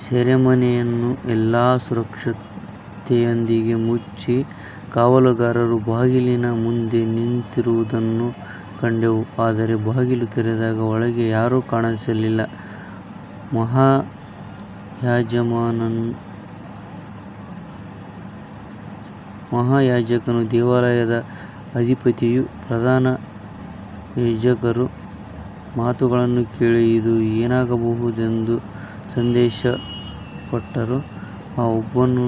ಸೆರೆಮನೆಯನ್ನು ಎಲ್ಲಾ ಸುರಕ್ಷತೆಯೊಂದಿಗೆ ಮುಚ್ಚಿ, ಕಾವಲುಗಾರರು ಬಾಗಿಲಿನ ಮುಂದೆ ನಿಂತಿರುವುದನ್ನು ಕಂಡೆವು, ಆದರೆ ಬಾಗಿಲು ತೆರೆದಾಗ ಒಳಗೆ ಯಾರೂ ಕಾಣಿಸಲಿಲ್ಲ. ಮಹಾಯಾಜಕನೂ ದೇವಾಲಯದ ಅಧಿಪತಿಯೂ ಪ್ರಧಾನ ಯಾಜಕರೂ ಈ ಮಾತುಗಳನ್ನು ಕೇಳಿ, ಇದು ಏನಾಗಬಹುದೆಂದು ಸಂದೇಹಪಟ್ಟರು. ಆಗ ಒಬ್ಬನು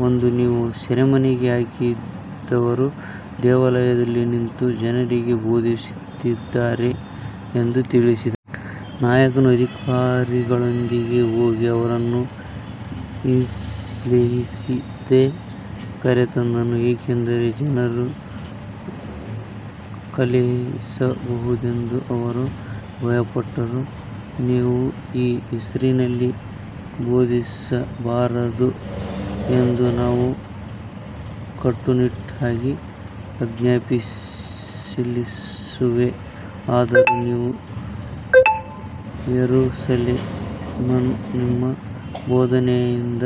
ಬಂದು, ನೀವು ಸೆರೆಮನೆಗೆ ಹಾಕಿದವರು ದೇವಾಲಯದಲ್ಲಿ ನಿಂತು ಜನರಿಗೆ ಬೋಧಿಸುತ್ತಿದ್ದಾರೆ ಎಂದು ತಿಳಿಸಿದನು. ನಾಯಕನು ಅಧಿಕಾರಿಗಳೊಂದಿಗೆ ಹೋಗಿ ಅವರನ್ನು ಹಿಂಸೆಯಿಲ್ಲದೆ ಕರೆತಂದನು, ಏಕೆಂದರೆ ಜನರು ಕಲ್ಲೆಸೆಯಬಹುದೆಂದು ಅವರು ಭಯಪಟ್ಟರು. ನೀವು ಈ ಹೆಸರಿನಲ್ಲಿ ಬೋಧಿಸಬಾರದು ಎಂದು ನಾವು ಕಟ್ಟುನಿಟ್ಟಾಗಿ ಆಜ್ಞಾಪಿಸಲಿಲ್ಲವೇ, ಆದರೂ ನೀವು ಯೆರೂಸಲೇಮನ್ನು ನಿಮ್ಮ ಬೋಧನೆಯಿಂದ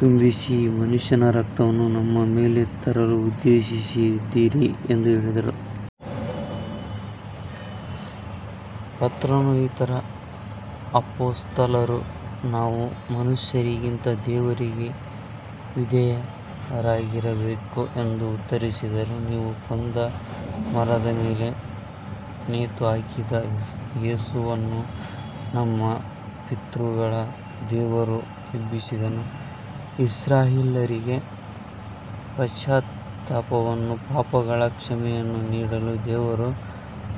ತುಂಬಿಸಿ, ಈ ಮನುಷ್ಯನ ರಕ್ತವನ್ನು ನಮ್ಮ ಮೇಲೆ ತರಲು ಉದ್ದೇಶಿಸಿದ್ದೀರಿ ಎಂದು ಹೇಳಿದರು. ಪೇತ್ರನೂ ಇತರ ಅಪೊಸ್ತಲರೂ, ನಾವು ಮನುಷ್ಯರಿಗಿಂತ ದೇವರಿಗೆ ವಿಧೇಯರಾಗಿರಬೇಕು ಎಂದು ಉತ್ತರಿಸಿದರು. ನೀವು ಕೊಂದು ಮರದ ಮೇಲೆ ನೇತುಹಾಕಿದ ಯೇಸುವನ್ನು ನಮ್ಮ ಪಿತೃಗಳ ದೇವರು ಎಬ್ಬಿಸಿದನು. ಇಸ್ರಾಯೇಲ್ಯರಿಗೆ ಪಶ್ಚಾತ್ತಾಪವನ್ನೂ ಪಾಪಗಳ ಕ್ಷಮೆಯನ್ನೂ ನೀಡಲು ದೇವರು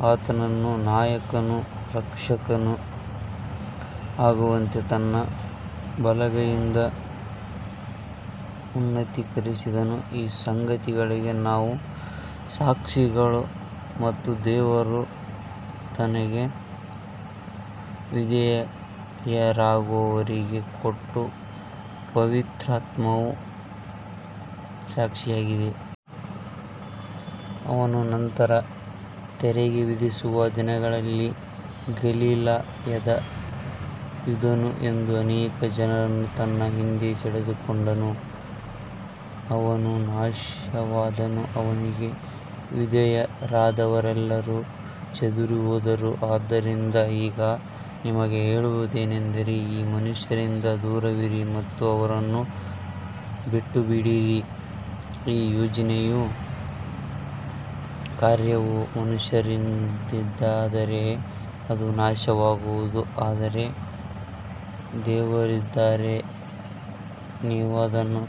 ಆತನನ್ನು ನಾಯಕನೂ ರಕ್ಷಕನೂ ಆಗುವಂತೆ ತನ್ನ ಬಲಗೈಯಿಂದ ಉನ್ನತೀಕರಿಸಿದನು. ಈ ಸಂಗತಿಗಳಿಗೆ ನಾವು ಸಾಕ್ಷಿಗಳು, ಮತ್ತು ದೇವರು ತನಗೆ ವಿಧೇಯರಾಗುವವರಿಗೆ ಕೊಟ್ಟ ಪವಿತ್ರಾತ್ಮವೂ ಸಾಕ್ಷಿಯಾಗಿದೆ. ಅವನ ನಂತರ ತೆರಿಗೆ ವಿಧಿಸುವ ದಿನಗಳಲ್ಲಿ ಗಲಿಲಾಯದ ಯೂದನು ಎದ್ದು ಅನೇಕ ಜನರನ್ನು ತನ್ನ ಹಿಂದೆ ಸೆಳೆದುಕೊಂಡನು. ಅವನೂ ನಾಶವಾದನು, ಅವನಿಗೆ ವಿಧೇಯರಾದವರೆಲ್ಲರೂ ಚದುರಿಹೋದರು. ಆದ್ದರಿಂದ ಈಗ ನಿಮಗೆ ಹೇಳುವುದೇನೆಂದರೆ, ಈ ಮನುಷ್ಯರಿಂದ ದೂರವಿರಿ ಮತ್ತು ಅವರನ್ನು ಬಿಟ್ಟುಬಿಡಿರಿ. ಈ ಯೋಜನೆಯೂ ಕಾರ್ಯವೂ ಮನುಷ್ಯರಿಂದಾದರೆ ಅದು ನಾಶವಾಗುವುದು, ಆದರೆ ದೇವರಿಂದಾದರೆ ನೀವು ಅದನ್ನು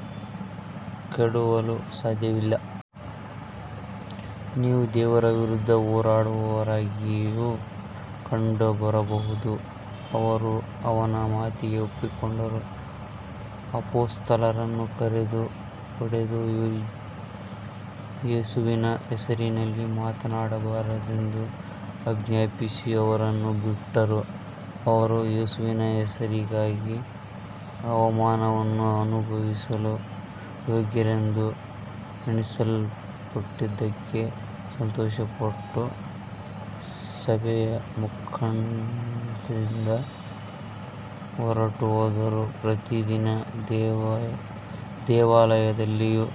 ಕೆಡವಲು ಸಾಧ್ಯವಿಲ್ಲ. ನೀವು ದೇವರ ವಿರುದ್ಧ ಹೋರಾಡುವವರಾಗಿಯೂ ಕಂಡುಬರಬಹುದು. ಅವರು ಅವನ ಮಾತಿಗೆ ಒಪ್ಪಿಕೊಂಡರು. ಅಪೊಸ್ತಲರನ್ನು ಕರೆದು ಹೊಡೆದು, ಯೇಸುವಿನ ಹೆಸರಿನಲ್ಲಿ ಮಾತನಾಡಬಾರದೆಂದು ಆಜ್ಞಾಪಿಸಿ ಅವರನ್ನು ಬಿಟ್ಟರು. ಅವರು ಯೇಸುವಿನ ಹೆಸರಿಗಾಗಿ ಅವಮಾನವನ್ನು ಅನುಭವಿಸಲು ಯೋಗ್ಯರೆಂದು ಎಣಿಸಲ್ಪಟ್ಟದ್ದಕ್ಕೆ ಸಂತೋಷಪಟ್ಟು ಸಭೆಯ ಸಮ್ಮುಖದಿಂದ ಹೊರಟುಹೋದರು. ಪ್ರತಿದಿನ ದೇವಾಲಯದಲ್ಲಿಯೂ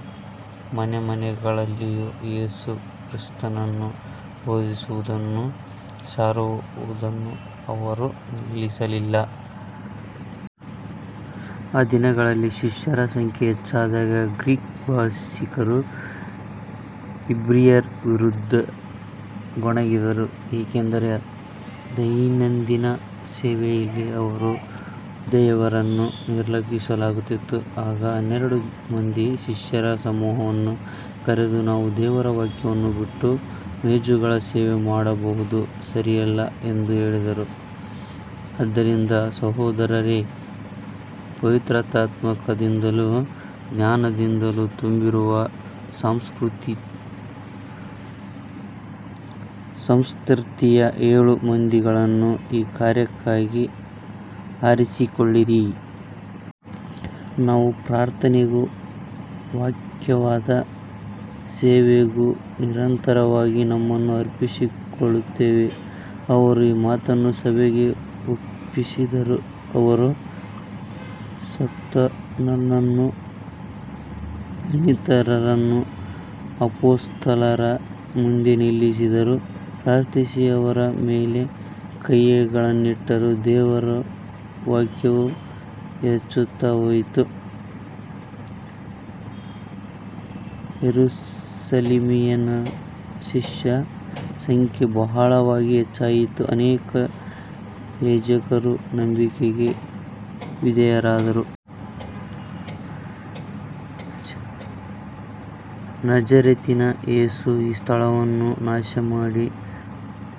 ಮನೆಮನೆಗಳಲ್ಲಿಯೂ ಯೇಸುಕ್ರಿಸ್ತನನ್ನು ಬೋಧಿಸುವುದನ್ನೂ ಸಾರುವುದನ್ನೂ ಅವರು ನಿಲ್ಲಿಸಲಿಲ್ಲ. ಆ ದಿನಗಳಲ್ಲಿ ಶಿಷ್ಯರ ಸಂಖ್ಯೆ ಹೆಚ್ಚಾದಾಗ ಗ್ರೀಕ್ ಭಾಷಿಕರು ಇಬ್ರಿಯರ ವಿರುದ್ಧ ಗೊಣಗಿದರು, ಏಕೆಂದರೆ ದೈನಂದಿನ ಸೇವೆಯಲ್ಲಿ ಅವರ ವಿಧವೆಯರನ್ನು ನಿರ್ಲಕ್ಷಿಸಲಾಗುತ್ತಿತ್ತು. ಆಗ ಹನ್ನೆರಡು ಮಂದಿ ಶಿಷ್ಯರ ಸಮೂಹವನ್ನು ಕರೆದು, ನಾವು ದೇವರ ವಾಕ್ಯವನ್ನು ಬಿಟ್ಟು ಮೇಜುಗಳ ಸೇವೆ ಮಾಡುವುದು ಸರಿಯಲ್ಲ ಎಂದು ಹೇಳಿದರು. ಆದ್ದರಿಂದ ಸಹೋದರರೇ, ಪವಿತ್ರಾತ್ಮದಿಂದಲೂ ಜ್ಞಾನದಿಂದಲೂ ತುಂಬಿರುವ ಸತ್ಕೀರ್ತಿಯ ಏಳು ಮಂದಿಯನ್ನು ಈ ಕಾರ್ಯಕ್ಕಾಗಿ ಆರಿಸಿಕೊಳ್ಳಿರಿ. ನಾವು ಪ್ರಾರ್ಥನೆಗೂ ವಾಕ್ಯದ ಸೇವೆಗೂ ನಿರಂತರವಾಗಿ ನಮ್ಮನ್ನು ಅರ್ಪಿಸಿಕೊಳ್ಳುತ್ತೇವೆ. ಅವರು ಈ ಮಾತನ್ನು ಸಭೆಗೆ ಒಪ್ಪಿಸಿದರು. ಅವರು ಸ್ತೇಫನನನ್ನೂ ಇನ್ನಿತರರನ್ನು ಅಪೊಸ್ತಲರ ಮುಂದೆ ನಿಲ್ಲಿಸಿದರು. ಪ್ರಾರ್ಥಿಸಿ ಅವರ ಮೇಲೆ ಕೈಗಳನ್ನಿಟ್ಟರು. ದೇವರ ವಾಕ್ಯವು ಹೆಚ್ಚುತ್ತಾ ಹೋಯಿತು, ಯೆರೂಸಲೇಮಿನಲ್ಲಿ ಶಿಷ್ಯರ ಸಂಖ್ಯೆ ಬಹಳವಾಗಿ ಹೆಚ್ಚಾಯಿತು, ಅನೇಕ ಯಾಜಕರೂ ನಂಬಿಕೆಗೆ ವಿಧೇಯರಾದರು. ನಜರೇತಿನ ಯೇಸು ಈ ಸ್ಥಳವನ್ನು ನಾಶಮಾಡಿ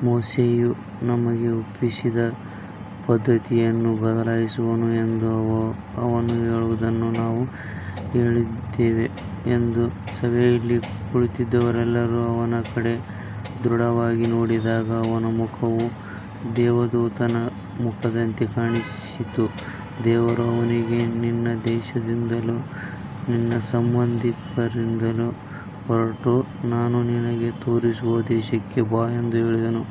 ಮೋಶೆಯು ನಮಗೆ ಒಪ್ಪಿಸಿದ ಪದ್ಧತಿಗಳನ್ನು ಬದಲಾಯಿಸುವನು ಎಂದು ಅವನು ಹೇಳುವುದನ್ನು ನಾವು ಕೇಳಿದ್ದೇವೆ ಎಂದರು. ಸಭೆಯಲ್ಲಿ ಕುಳಿತಿದ್ದವರೆಲ್ಲರೂ ಅವನ ಕಡೆ ದೃಢವಾಗಿ ನೋಡಿದಾಗ, ಅವನ ಮುಖವು ದೇವದೂತನ ಮುಖದಂತೆ ಕಾಣಿಸಿತು. ದೇವರು ಅವನಿಗೆ, ನಿನ್ನ ದೇಶದಿಂದಲೂ ನಿನ್ನ ಸಂಬಂಧಿಕರಿಂದಲೂ ಹೊರಟು, ನಾನು ನಿನಗೆ ತೋರಿಸುವ ದೇಶಕ್ಕೆ ಬಾ ಎಂದು ಹೇಳಿದನು.